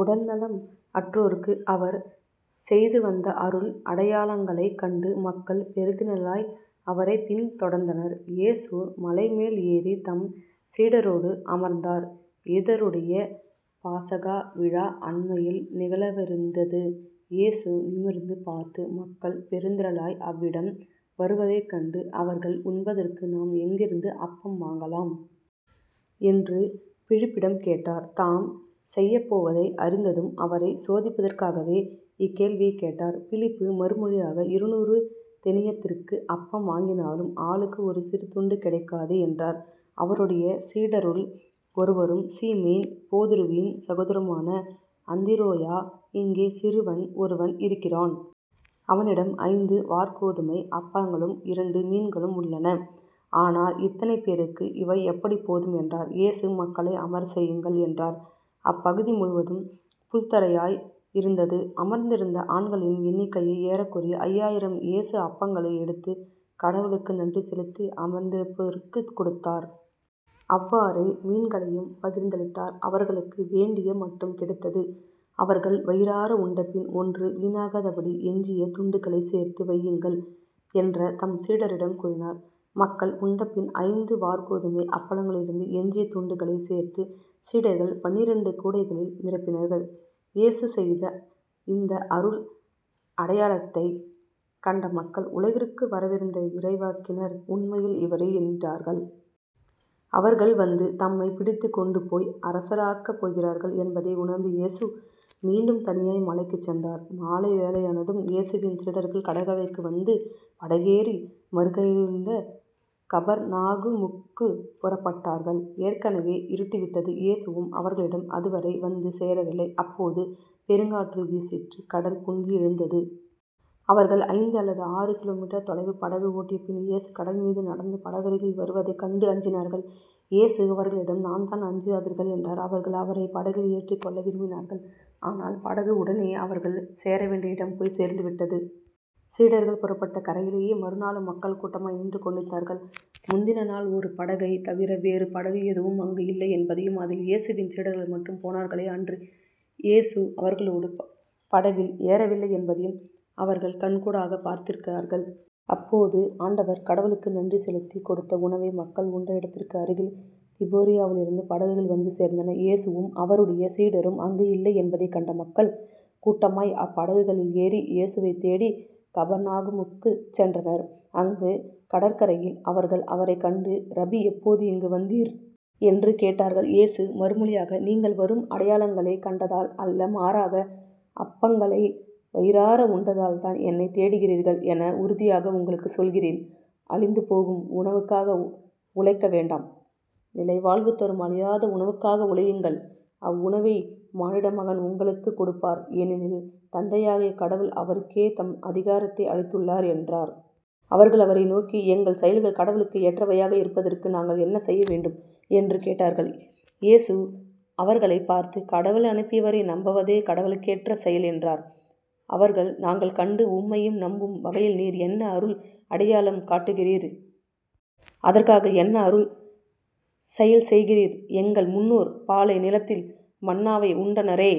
உடல் நலம் அற்றோருக்கு அவர் செய்துவந்த அரும் அடையாளங்களைக் கண்டு மக்கள் பெருந்திரளாய் அவரைப் பின் தொடர்ந்தனர். இயேசு மலைமேல் ஏறித் தம் சீடரோடு அமர்ந்தார். யூதருடைய பாஸகா விழா அண்மையில் நிகழவிருந்தது. இயேசு நிமிர்ந்து பார்த்து மக்கள் பெருந்திரளாய் அவ்விடம் வருவதைக் கண்டு இவர்கள் உண்பதற்கு நாம் எங்கிருந்து அப்பம் வாங்கலாம்? என்று பிலிப்பிடம் கேட்டார். தாம் செய்யப்போவதை அறிந்திருந்தும் அவரைச் சோதிப்பதற்காகவே இக்கேள்வியைக் கேட்டார். பிலிப்பு மறுமொழியாக இருநூறு தெனியத்திற்கு அப்பம் வாங்கினாலும் ஆளுக்கு ஒரு சிறு துண்டும் கிடைக்காதே என்றார். அவருடைய சீடருள் ஒருவரும் சீமோன் பேதுருவின் சகோதரருமான அந்திரேயா இங்கே சிறுவன் ஒருவன் இருக்கிறான். அவனிடம் ஐந்து வாற்கோதுமை அப்பங்களும் இரண்டு மீன்களும் உள்ளன. ஆனால் இத்தனை பேருக்கு இவை எப்படிப் போதும்? என்றார். இயேசு மக்களை அமரச் செய்யுங்கள் என்றார். அப்பகுதி முழுவதும் புல்தரையாய் இருந்தது. அமர்ந்திருந்த ஆண்களின் எண்ணிக்கை ஏறக்குறைய ஐயாயிரம். இயேசு அப்பங்களை எடுத்துக் கடவுளுக்கு நன்றி செலுத்தி அமர்ந்திருந்தோருக்குக் கொடுத்தார். அவ்வாறே மீன்களையும் பகிர்ந்தளித்தார். அவர்களுக்கு வேண்டிய மட்டும் கிடைத்தது. அவர்கள் வயிறார உண்டபின் ஒன்றும் வீணாகாதபடி எஞ்சிய துண்டுகளைச் சேர்த்து வையுங்கள் என்ற தம் சீடரிடம் கூறினார். மக்கள் உண்டபின் ஐந்து வாற்கோதுமை அப்பங்களிலிருந்து எஞ்சிய துண்டுகளைச் சேர்த்துச் சீடர்கள் பன்னிரண்டு கூடைகளில் நிரப்பினார்கள். இயேசு செய்த இந்த அரும் அடையாளத்தைக் கண்ட மக்கள் உலகிற்கு வரவிருந்த இறைவாக்கினர் உண்மையில் இவரே என்றார்கள். அவர்கள் வந்து தம்மைப் பிடித்துக் கொண்டுபோய் அரசராக்கப் போகிறார்கள் என்பதை உணர்ந்து இயேசு மீண்டும் தனியாய் மலைக்குச் சென்றார். மாலை வேளையானதும் இயேசுவின் சீடர்கள் கடற்கரைக்கு வந்து படகேறி மறுகரையிலுள்ள கபர்நாகுமுக்குப் புறப்பட்டார்கள் ஏற்கனவே இருட்டிவிட்டது. இயேசுவும் அவர்களிடம் அதுவரை வந்து சேரவில்லை. அப்போது பெருங்காற்று வீசிற்று கடல் பொங்கி எழுந்தது. அவர்கள் ஐந்து அல்லது ஆறு கிலோ மீட்டர் தொலைவு படகு ஓட்டியபின் இயேசு கடல்மீது நடந்து படகருகில் வருவதைக் கண்டு அஞ்சினார்கள். இயேசு அவர்களிடம் நான்தான் அஞ்சாதீர்கள் என்றார். அவர்கள் அவரைப் படகில் ஏற்றிக் கொள்ள விரும்பினார்கள். ஆனால் படகு உடனே அவர்கள் சேரவேண்டிய இடம் போய்ச் சேர்ந்துவிட்டது. சீடர்கள் புறப்பட்ட கரையிலேயே மறுநாளும் மக்கள் கூட்டமாய் நின்று கொண்டிருந்தார்கள். முந்தின நாள் ஒரு படகைத் தவிர வேறு படகு எதுவும் அங்கு இல்லை என்பதையும் அதில் இயேசுவின் சீடர்கள் மட்டும் போனார்களே அன்று இயேசு அவர்களோடு படகில் ஏறவில்லை என்பதையும் அவர்கள் கண்கூடாகப் பார்த்திருக்கிறார்கள். அப்போது ஆண்டவர் கடவுளுக்கு நன்றி செலுத்திக் கொடுத்த உணவை மக்கள் உண்ட இடத்திற்கு அருகில் திபேரியாவிலிருந்து படகுகள் வந்து சேர்ந்தன. இயேசுவும் அவருடைய சீடரும் அங்கு இல்லை என்பதைக் கண்ட மக்கள் கூட்டமாய் அப்படகுகளில் ஏறி இயேசுவைத் தேடிக் கப்பர்நாகுமுக்குச் சென்றனர். அங்கு கடற்கரையில் அவர்கள் அவரைக் கண்டு ரபி எப்போது இங்கு வந்தீர்? என்று கேட்டார்கள். இயேசு மறுமொழியாக நீங்கள் அரும் அடையாளங்களைக் கண்டதால் அல்ல மாறாக அப்பங்களை வயிறார உண்டதால்தான் என்னைத் தேடுகிறீர்கள் என உறுதியாக உங்களுக்குச் சொல்கிறேன். அழிந்துபோகும் உணவுக்காக உழைக்க வேண்டாம். நிலைவாழ்வு தரும் அழியாத உணவுக்காகவே உழையுங்கள். அவ்வுணவை மானிடமகன் உங்களுக்குக் கொடுப்பார். ஏனெனில் தந்தையாகிய கடவுள் அவருக்கே தம் அதிகாரத்தை அளித்துள்ளார் என்றார். அவர்கள் அவரை நோக்கி எங்கள் செயல்கள் கடவுளுக்கு ஏற்றவையாக இருப்பதற்கு நாங்கள் என்ன செய்ய வேண்டும்? என்று கேட்டார்கள். இயேசு அவர்களைப் பார்த்து கடவுள் அனுப்பியவரை நம்பவதே கடவுளுக்கேற்ற செயல் என்றார். அவர்கள் நாங்கள் கண்டு உம்மை நம்பும் வகையில் நீர் என்ன அரும் அடையாளம் காட்டுகிறீர்? அதற்காக என்ன அரும் செயல் செய்கிறீர்? எங்கள் முன்னோர் பாலை நிலத்தில் மன்னாவை உண்டனரே.